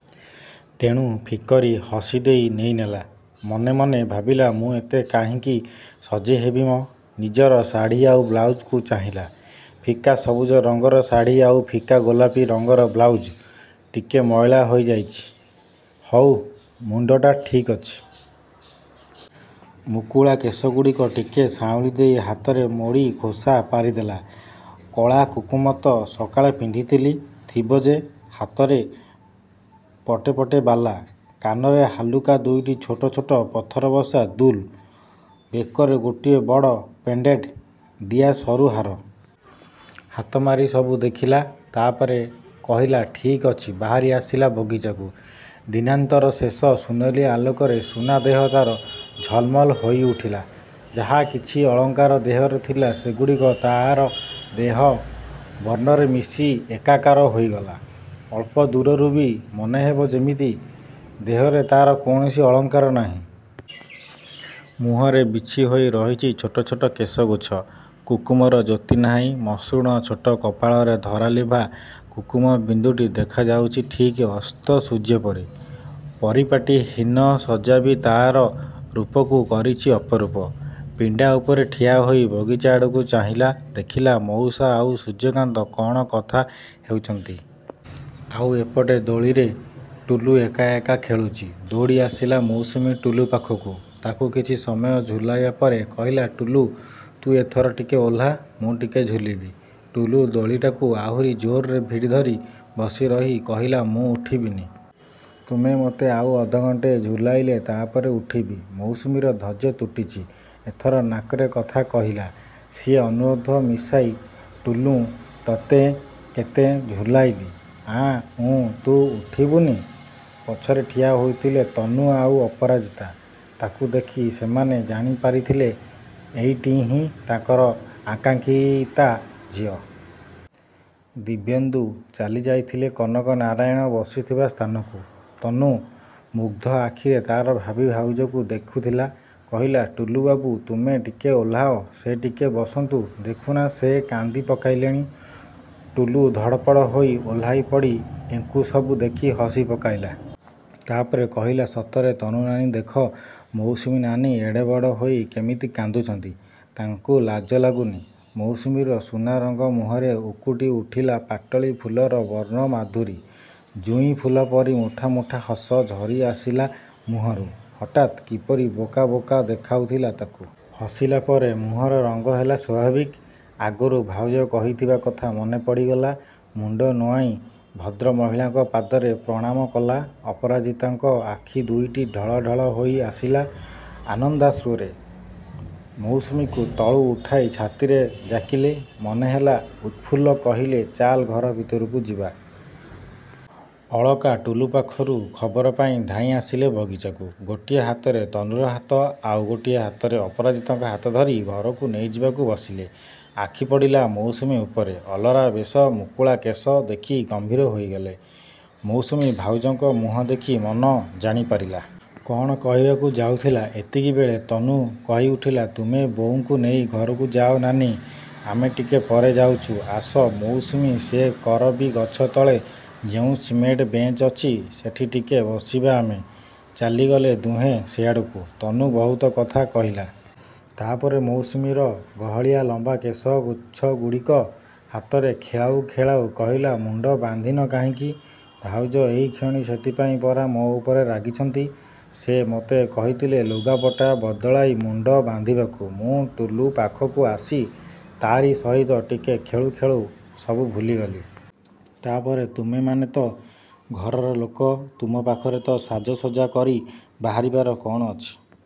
ତେଣୁ ଫିକ୍କରି ହସିଦେଇ ନେଇନେଲା। ମନେ ମନେ ଭାବିଲା ମୁଁ ଏତେ କାହିଁକି ସଜେଇହେବି ମ! ନିଜର ଶାଢ଼ି ଆଉ ବ୍ଳାଉଜକୁ ଚାହିଁଲା। ଫିକା ସବୁଜ ରଙ୍ଗର ଶାଢ଼ି ଆଉ ଫିକା ଗୋଲାପୀ ରଙ୍ଗର ବ୍ଳାଉଜ୍। ଟିକେ ମଇଳା ହୋଇଯାଇଛି। ହଉ ମୁଣ୍ଡଟା? ଠିକ୍ ଅଛି। ମୁକୁଳା କେଶଗୁଡ଼ିକ ଟିକେ ସାଉଁଳି ଦେଇ ହାତରେ ମୋଡ଼ି ଖୋସା ପାରିଦେଲା। କଳା, କୁଙ୍କୁମ ତ ସକାଳେ ପିନ୍ଧିଥିଲି, ଥିବ ଯେ, ହାତରେ ପଟେ ପଟେ ବାଲା, କାନରେ ହାଲୁକା ଦୁଇଟି ଛୋଟ ଛୋଟ ପଥରବସା ଦୁଲ୍। ବେକରେ ଗୋଟିଏ ବଡ଼ ପେଣ୍ଡେଣ୍ଟ୍ ଦିଆ ସରୁ ହାର। ହାତ ମାରି ସବୁ ଦେଖିଲା। ତା'ପରେ କହିଲା ଠିକ୍ ଅଛି ବାହାରିଆସିଲା ବଗିଚାକୁ। ଦିନାନ୍ତର ଶେଷ ସୁନେଲି ଆଲୋକରେ ସୁନାଦେହ ତା'ର ଝଲ୍ମଲ୍ ହୋଇଉଠିଲା। ଯାହା କିଛି ଅଳଙ୍କାର ଦେହରେ ଥିଲା ସେଗୁଡ଼ିକ ତା'ର ଦେହ ବର୍ଣ୍ଣରେ ମିଶି ଏକାକାର ହୋଇଗଲା। ଅଳ୍ପ ଦୂରରୁ ବି ମନେହେବ ଯେମିତି ଦେହରେ ତା'ର କୌଣସି ଅଳଙ୍କାର ନାହିଁ। ମୁହଁରେ ବିଛିହୋଇ ରହିଛି ଛୋଟ ଛୋଟ କେଶଗୁଚ୍ଛ। କୁଙ୍କୁମର ଜ୍ୟୋତି ନାହିଁ। ମସୃଣ ଛୋଟ କପାଳରେ ଧରାଲିଭା କୁଙ୍କୁମ ବିନ୍ଦୁଟି ଦେଖାଯାଉଛି ଠିକ୍ ଅସ୍ତସୂର୍ଯ୍ୟପରି। ପରିପାଟୀ ହୀନ ସଜ୍ଜା ବି ତା' ରୂପକୁ କରିଛି ଅପରୂପ। ପିଣ୍ଡା ଉପରେ ଠିଆହୋଇ ବଗିଚାଆଡ଼କୁ ଚାହିଁଲା, ଦେଖିଲା ମଉସା ଆଉ ସୂର୍ଯ୍ୟକାନ୍ତ କ'ଣ କଥା ହେଉଛନ୍ତି। ଆଉ ଏପଟେ ଦୋଳିରେ ଟୁଲୁ ଏକା ଏକା ଖେଳୁଛି। ଦୌଡ଼ିଆସିଲା ମୌସୁମୀ ଟୁଲୁ ପାଖକୁ। ତାକୁ କିଛି ସମୟ ଝୁଲାଇବା ପରେ କହିଲା ଟୁଲୁ, ତୁ ଏଥର ଟିକେ ଓହ୍ଳା, ମୁଁ ଟିକେ ଝୁଲିବି। ଟୁଲୁ ଦୋଳିଟାକୁ ଆହୁରି ଜୋରରେ ଭିଡ଼ି ଧରି ବସି ରହି କହିଲା ମୁଁ ଉଠିବିନି। ତୁମେ ମୋତେ ଆଉ ଅଧଘଣ୍ଟେ ଝୁଲାଇଲେ, ତାପରେ ଉଠିବି। ମୌସୁମୀର ଧୈର୍ଯ୍ୟ ତୁଟିଛି। ଏଥର ନାକରେ କଥା କହିଲା ସିଏ ଅନୁରୋଧ ମିଶାଇ ଟୁଲୁଁ, ତତେଁ କେଁତେ ଝୁଲାଇଲି, ଆଁ ଉଁ ତୁଁ ଉଠିବୁଁନି। ପଛରେ ଠିଆ ହୋଇଥିଲେ ତନୁ ଆଉ ଅପରାଜିତା। ତାକୁ ଦେଖି ସେମାନେ ଜାଣିପାରିଥିଲେ ଏଇଟିହିଁ ତାଙ୍କର ଆକାଙ୍କ୍ଷିତା ଝିଅ। ଦିବ୍ୟେନ୍ଦୁ ଚାଲିଯାଇଥିଲେ କନକ ନାରାୟଣ ବସିଥିବା ସ୍ଥାନକୁ। ତନୁ ମୁଗ୍ଧ ଆଖିରେ ତା'ର ଭାବି ଭାଉଜକୁ ଦେଖୁଥିଲା। କହିଲା, ଟୁଲୁବାବୁ ତୁମେ ଟିକେ ଓହ୍ଳାଅ। ସେ ଟିକେ ବସନ୍ତୁ। ଦେଖୁନା, ସେ କାନ୍ଦି ପକାଇଲେଣି। ଟୁଲୁ ଧଡ଼ପଡ଼ ହୋଇ ଓହ୍ଳାଇପଡ଼ି ଏଙ୍କୁ ସବୁ ଦେଖି ହସି ପକାଇଲା। ତାପରେ କହିଲା ସତରେ ତନୁ ନାନୀ ଦେଖ, ମୌସୁମୀ ନାନୀ ଏଡ଼େବଡ଼ ହୋଇ କେମିତି କାନ୍ଦୁଛନ୍ତି। ତାଙ୍କୁ ଲାଜ ଲାଗୁନି। ମୌସୁମୀର ସୁନା ରଙ୍ଗ ମୁହଁରେ ଉକୁଟି ଉଠିଲା ପାଟଳି ଫୁଲର ବର୍ଣ୍ଣମାଧୁରୀ। ଜୁଇ ଫୁଲ ପରି ମୁଠା ମୁଠା ହସ ଝରିଆସିଲା ମୁହଁରୁ। ହଠାତ୍ କିପରି ବୋକା ବୋକା ଦେଖାଯାଉଥିଲା ତାକୁ। ହସିଲା ପରେ ମୁହଁର ରଙ୍ଗ ହେଲା ସ୍ୱାଭାବିକ। ଆଗରୁ ଭାଉଜ କହିଥିବା କଥା ମନେପଡ଼ିଗଲା। ମୁଣ୍ଡ ନୁଆଇଁ ଭଦ୍ରମହିଳାଙ୍କ ପାଦରେ ପ୍ରଣାମ କଲା। ଅପରାଜିତାଙ୍କ ଆଖିଦୁଇଟି ଢଳ ଢଳ ହୋଇଆସିଲା ଆନନ୍ଦାଶ୍ରୁରେ। ମୌସୁମୀକୁ ତଳୁ ଉଠାଇ ଛାତିରେ ଜାକିଲେ। ମନହେଲା ଉତ୍ଫୁଲ୍ଲ। କହିଲେ ଚାଲ୍ ଘର ଭିତରକୁ ଯିବା। ଅଳକା ଟୁଲୁ ପାଖରୁ ଖବର ପାଇ ଧାଇଁଆସିଲେ ବଗିଚାକୁ। ଗୋଟିଏ ହାତରେ ତନୁର ହାତ ଆଉ ଗୋଟିଏ ହାତରେ ଅପରାଜିତାଙ୍କ ହାତ ଧରି ଘରକୁ ନେଇଯିବାକୁ ବସିଲେ। ଆଖିପଡ଼ିଲା ମୌସୁମୀ ଉପରେ। ଅଲରା ବେଶ, ମୁକୁଳା କେଶ ଦେଖି ଗମ୍ଭୀର ହୋଇଗଲେ। ମୌସୁମୀ ଭାଉଜଙ୍କ ମୁହଁ ଦେଖି ମନ ଜାଣିପାରିଲା। କ'ଣ କହିବାକୁ ଯାଉଥିଲା। ଏତିକିବେଳେ ତନୁ କହିଉଠିଲା–ତୁମେ ବୋଉଙ୍କୁ ନେଇ ଘରକୁ ଯାଅ ନାନୀ, ଆମେ ଟିକେ ପରେ ଯାଉଛୁ। ଆସ ମୌସୁମୀ, ସେ କରବୀ ଗଛ ତଳେ ଯେଉଁ ସିମେଣ୍ଟ ବେଞ୍ଚ ଅଛି, ସେଠି ଟିକେ ବସିବା ଆମେ। ଚାଲିଗଲେ ଦୁହେଁ ସେଆଡ଼କୁ। ତନୁ ବହୁତ କଥା କହିଲା। ତାପରେ ମୌସୁମୀର ଗହଳିଆ ଲମ୍ବା କେଶଗୁଚ୍ଛଗୁଡ଼ିକ ହାତରେ ଖେଳାଉ ଖେଳାଉ କହିଲା ମୁଣ୍ଡ ବାନ୍ଧିନ କାହିଁକି? ଭାଉଜ ଏହିକ୍ଷଣି ସେଥିପାଇଁ ପରା ମୋ ଉପରେ ରାଗିଛନ୍ତି। ସେ ମୋତେ କହିଥିଲେ ଲୁଗାପଟା ବଦଳାଇ ମୁଣ୍ଡ ବାନ୍ଧିବାକୁ। ମୁଁ ଟୁଲୁ ପାଖକୁ ଆସି ତାରି ସହିତ ଟିକେ ଖେଳୁ ଖେଳୁ ସବୁ ଭୁଲିଗଲି। ତାପରେ, ତୁମେମାନେ ତ। ଘରର ଲୋକ। ତୁମ ପାଖରେ ତ ସାଜସଜ୍ଜା କରି ବାହାରିବାର କ'ଣ ଅଛି।